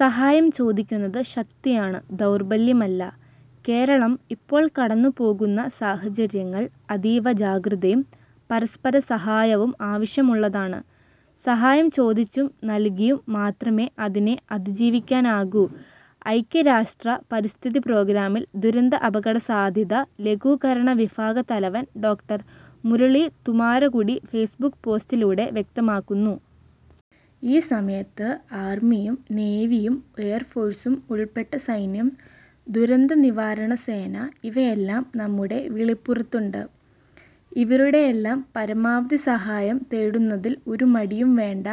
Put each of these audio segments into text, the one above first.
സഹായം ചോദിക്കുന്നത് ശക്തിയാണ് ദൗർബല്യമല്ല. കേരളം ഇപ്പോള്‍ കടന്നുപോകുന്ന സാഹചര്യങ്ങള്‍ അതീവ ജാഗ്രതയും, പരസ്പര സഹായവും ആവശ്യമുള്ളതാണ്. സഹായം ചോദിച്ചും നല്കിയും മാത്രമേ അതിനെ അതിജീവിക്കാനാകൂ. ഐക്യരാഷ്ട്ര പരിസ്ഥിതി പ്രോഗ്രാമിൽ ദുരന്ത അപകടസാധ്യതാ ലഘൂകരണ വിഭാഗ തലവൻ ഡോ. മുരളി തുമ്മാരുകുടി ഫേസ്ബുക്ക് പോസ്റ്റിലൂടെ വ്യക്തമാക്കുന്നു. ഈ സമയത്ത് ആർമിയും നേവിയും എയർഫോഴ്സും ഉൾപ്പെട്ട സൈന്യം, ദുരന്തനിവാരണ സേന ഇവയെല്ലാം നമ്മുടെ വിളിപ്പുറത്തുണ്ട്. ഇവരുടെ എല്ലാം പരമാവധി സഹായം തേടുന്നതിൽ ഒരു മടിയും വേണ്ട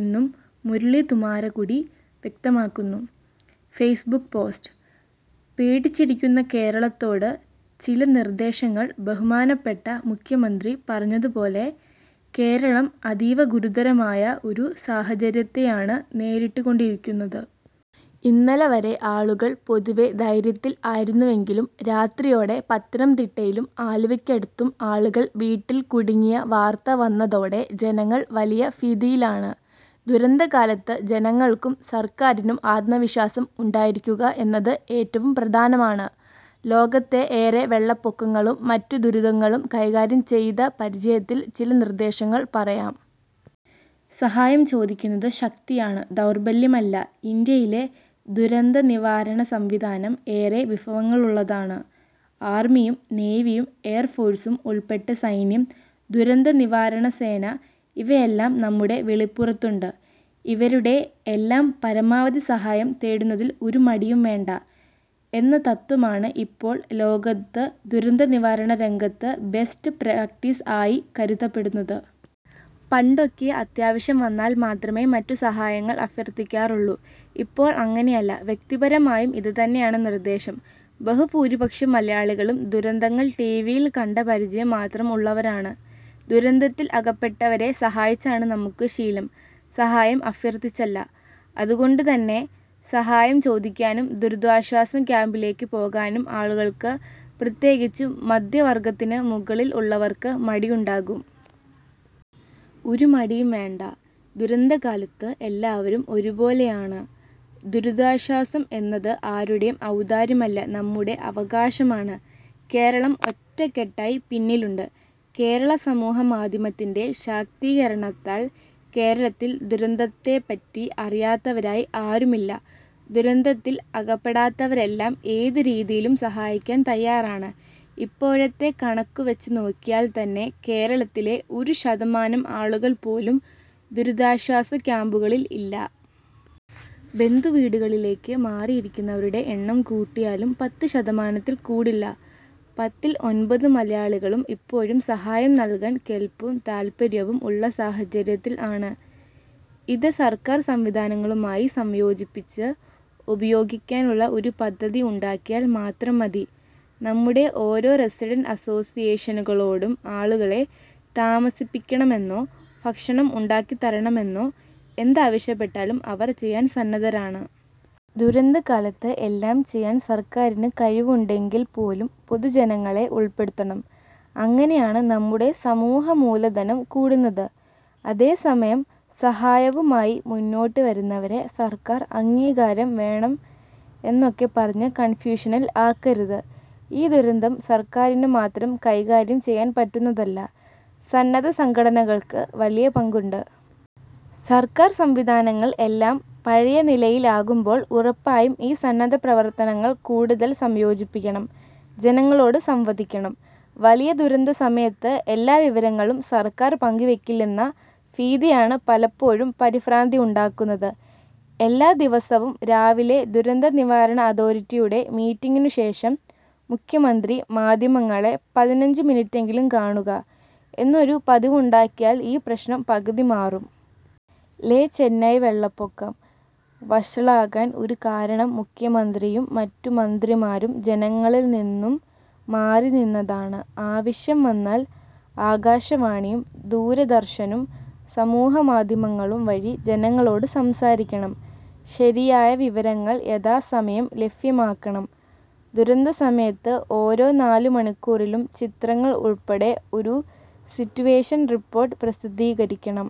എന്നും മുരളി തുമ്മാരുക്കുടി വ്യക്തമാക്കുന്നു. ഫേസ്ബുക്ക് പോസ്റ്റ്: പേടിച്ചിരിക്കുന്ന കേരളത്തോട് ചില നിർദ്ദേശങ്ങൾ ബഹുമാനപ്പെട്ട മുഖ്യമന്ത്രി പറഞ്ഞതുപോലെ കേരളം അതീവ ഗുരുതരമായ ഒരു സാഹചര്യത്തെയാണ് നേരിട്ട് കൊണ്ടിരിക്കുന്നത്. ഇന്നലെവരെ ആളുകൾ പൊതുവെ ധൈര്യത്തിൽ ആയിരുന്നുവെങ്കിലും രാത്രിയോടെ പത്തനംതിട്ടയിലും ആലുവക്കടുത്തും ആളുകൾ വീട്ടിൽ കുടുങ്ങിയ വാർത്ത വന്നതോടെ ജനങ്ങൾ വലിയ ഭീതിയിലാണ്. ദുരന്തകാലത്ത് ജനങ്ങൾക്കും സർക്കാരിനും ആത്മവിശ്വാസം ഉണ്ടായിരിക്കുക എന്നത് ഏറ്റവും പ്രധാനമാണ്. ലോകത്തെ ഏറെ വെള്ളപ്പൊക്കങ്ങളും മറ്റു ദുരിതങ്ങളും കൈകാര്യം ചെയ്ത പരിചയത്തിൽ ചില നിർദ്ദേശങ്ങൾ പറയാം. സഹായം ചോദിക്കുന്നത് ശക്തിയാണ്, ദൗർബല്യമല്ല: ഇന്ത്യയിലെ ദുരന്തനിവാരണ സംവിധാനം ഏറെ വിഭവങ്ങളുള്ളതാണ്. ആർമിയും നേവിയും എയർഫോഴ്സും ഉൾപ്പെട്ട സൈന്യം, ദുരന്തനിവാരണ സേന ഇവയെല്ലാം നമ്മുടെ വിളിപ്പുറത്തുണ്ട്. ഇവരുടെ എല്ലാം പരമാവധി സഹായം തേടുന്നതിൽ ഒരു മടിയും വേണ്ട. '' എന്ന തത്വമാണ് ഇപ്പോൾ ലോകത്ത് ദുരന്തനിവാരണ രംഗത്ത് ബെസ്റ്റ് പ്രാക്ടീസ് ആയി കരുതപ്പെടുന്നത്. പണ്ടൊക്കെ അത്യാവശ്യം വന്നാൽ മാത്രമേ മറ്റു സഹായങ്ങൾ അഭ്യർത്ഥിക്കാറുള്ളു. ഇപ്പോൾ അങ്ങനെയല്ല. വ്യക്തിപരമായും ഇത് തന്നെയാണ് നിർദ്ദേശം. ബഹുഭൂരിപക്ഷം മലയാളികളും ദുരന്തങ്ങൾ ടി. വിയിൽ കണ്ട പരിചയം മാത്രം ഉള്ളവർ ആണ്. ദുരന്തത്തിൽ അകപ്പെട്ടവരെ സഹായിച്ചാണ് നമുക്ക് ശീലം, സഹായം അഭ്യർത്ഥിച്ചല്ല. അതുകൊണ്ടു തന്നെ സഹായം ചോദിക്കാനും ദുരിതാശ്വാസ ക്യാംപിലേക്ക് പോകാനും ആളുകൾക്ക് പ്രത്യേകിച്ചും മധ്യവർഗ്ഗത്തിന് മുകളിൽ ഉള്ളവർക്ക് മടിയുണ്ടാകും. ഒരു മടിയും വേണ്ട. ദുരന്തകാലത്ത് എല്ലാവരും ഒരു പോലെ ആണ്. ദുരിതാശ്വാസം എന്നത് ആരുടേയും ഔദാര്യമല്ല, നമ്മുടെ അവകാശമാണ്. കേരളം ഒറ്റക്കെട്ടായി പിന്നിലുണ്ട്: കേരളസമൂഹ മാധ്യമത്തിന്‍റെ ശാക്തീകരണത്താൽ കേരളത്തിൽ ദുരന്തത്തെപ്പറ്റി അറിയാത്തവരായി ആരുമില്ല. ദുരന്തത്തിൽ അകപ്പെടാത്തവരെല്ലാം ഏതു രീതിയിലും സഹായിക്കാൻ തയ്യാറാണ്. ഇപ്പോഴത്തെ കണക്കു വച്ച് നോക്കിയാൽ തന്നെ കേരളത്തിലെ ഒരു ശതമാനം ആളുകൾ പോലും ദുരിതാശ്വാസ ക്യാംപുകളിൽ ഇല്ല. ബന്ധുവീടുകളിലേക്ക് മാറിയിരിക്കുന്നവരുടെ എണ്ണം കൂട്ടിയാലും പത്തു ശതമാനത്തിൽ കൂടില്ല. പത്തിൽ ഒൻപത് മലയാളികളും ഇപ്പോഴും സഹായം നല്കാൻ കെല്പും താല്പര്യവും ഉള്ള സാഹചര്യത്തിൽ ആണ്. ഇത് സർക്കാർ സംവിധാനങ്ങളുമായി സംയോജിപ്പിച്ച് ഉപയോഗിക്കാനുള്ള ഒരു പദ്ധതിയുണ്ടാക്കിയാൽ മാത്രം മതി. നമ്മുടെ ഓരോ റസിഡന്‍റ് അസ്സോസ്സിയേഷനുകളോടും ആളുകളെ താമസിപ്പിക്കണമെന്നോ ഭക്ഷണം ഉണ്ടാക്കിക്കൊടുക്കണമെന്നോ എന്താവശ്യപ്പെട്ടാലും അവർ ചെയ്യാൻ സന്നദ്ധരാണ്. ദുരന്തകാലത്ത് എല്ലാം ചെയ്യാൻ സർക്കാരിന് കഴിവുണ്ടെങ്കിൽ പോലും പൊതുജനങ്ങളെ ഉൾപ്പെടുത്തണം. അങ്ങനെയാണ് നമ്മുടെ സമൂഹ മൂലധനം കൂടുന്നത്. അതേ സമയം സഹായവുമായി മുന്നോട്ടു വരുന്നവരെ സർക്കാർ അംഗീകാരം വേണം എന്നൊക്കെ പറഞ്ഞു കൺഫ്യൂഷനിൽ ആക്കരുത്. ഈ ദുരന്തം സർക്കാരിന് മാത്രം കൈകാര്യം ചെയ്യാൻ പറ്റുന്നതല്ല, സന്നദ്ധ സംഘടനകൾക്ക് വലിയ പങ്കുണ്ട്. സർക്കാർ സംവിധാനങ്ങൾ എല്ലാം പഴയ നിലയിൽ ആകുമ്പോൾ ഉറപ്പായും ഈ സന്നദ്ധ പ്രവർത്തനങ്ങൾ കൂടുതൽ സംയോജിപ്പിക്കണം. ജനങ്ങളോട് സംവദിക്കണം: വലിയ ദുരന്തസമയത്ത് എല്ലാ വിവരങ്ങളും സർക്കാർ പങ്കുവെക്കുന്നില്ലെന്ന ഭീതിയാണ് പലപ്പോഴും പരിഭ്രാന്തിയുണ്ടാക്കുന്നത്. എല്ലാ ദിവസവും രാവിലെ ദുരന്തനിവാരണ അതോറിറ്റിയുടെ മീറ്റിങ്ങിനു ശേഷം മുഖ്യമന്ത്രി മാധ്യമങ്ങളെ പതിനഞ്ചു മിനുട്ടെങ്കിലും കാണുക എന്നൊരു പതിവുണ്ടാക്കിയാൽ ഈ പ്രശ്നം പകുതി മാറും. ലെ ചെന്നൈ വെള്ളപ്പൊക്കം വഷളാകാൻ ഒരു കാരണം മുഖ്യമന്ത്രിയും മറ്റു മന്ത്രിമാരും ജനങ്ങളിൽ നിന്നും മാറിനിന്നതാണ്. ആവശ്യം വന്നാൽ ആകാശവാണിയും ദൂരദര്‍ശനും സമൂഹമാധ്യമങ്ങളും വഴി ജനങ്ങളോട് സംസാരിക്കണം. ശരിയായ വിവരങ്ങൾ യഥാസമയം ലഭ്യമാക്കണം: ദുരന്തസമയത്ത് ഓരോ നാലു മണിക്കൂറിലും ചിത്രങ്ങൾ ഉൾപ്പെടെ ഒരു സിറ്റുവേഷൻ റിപ്പോർട്ട് പ്രസിദ്ധീകരിക്കണം.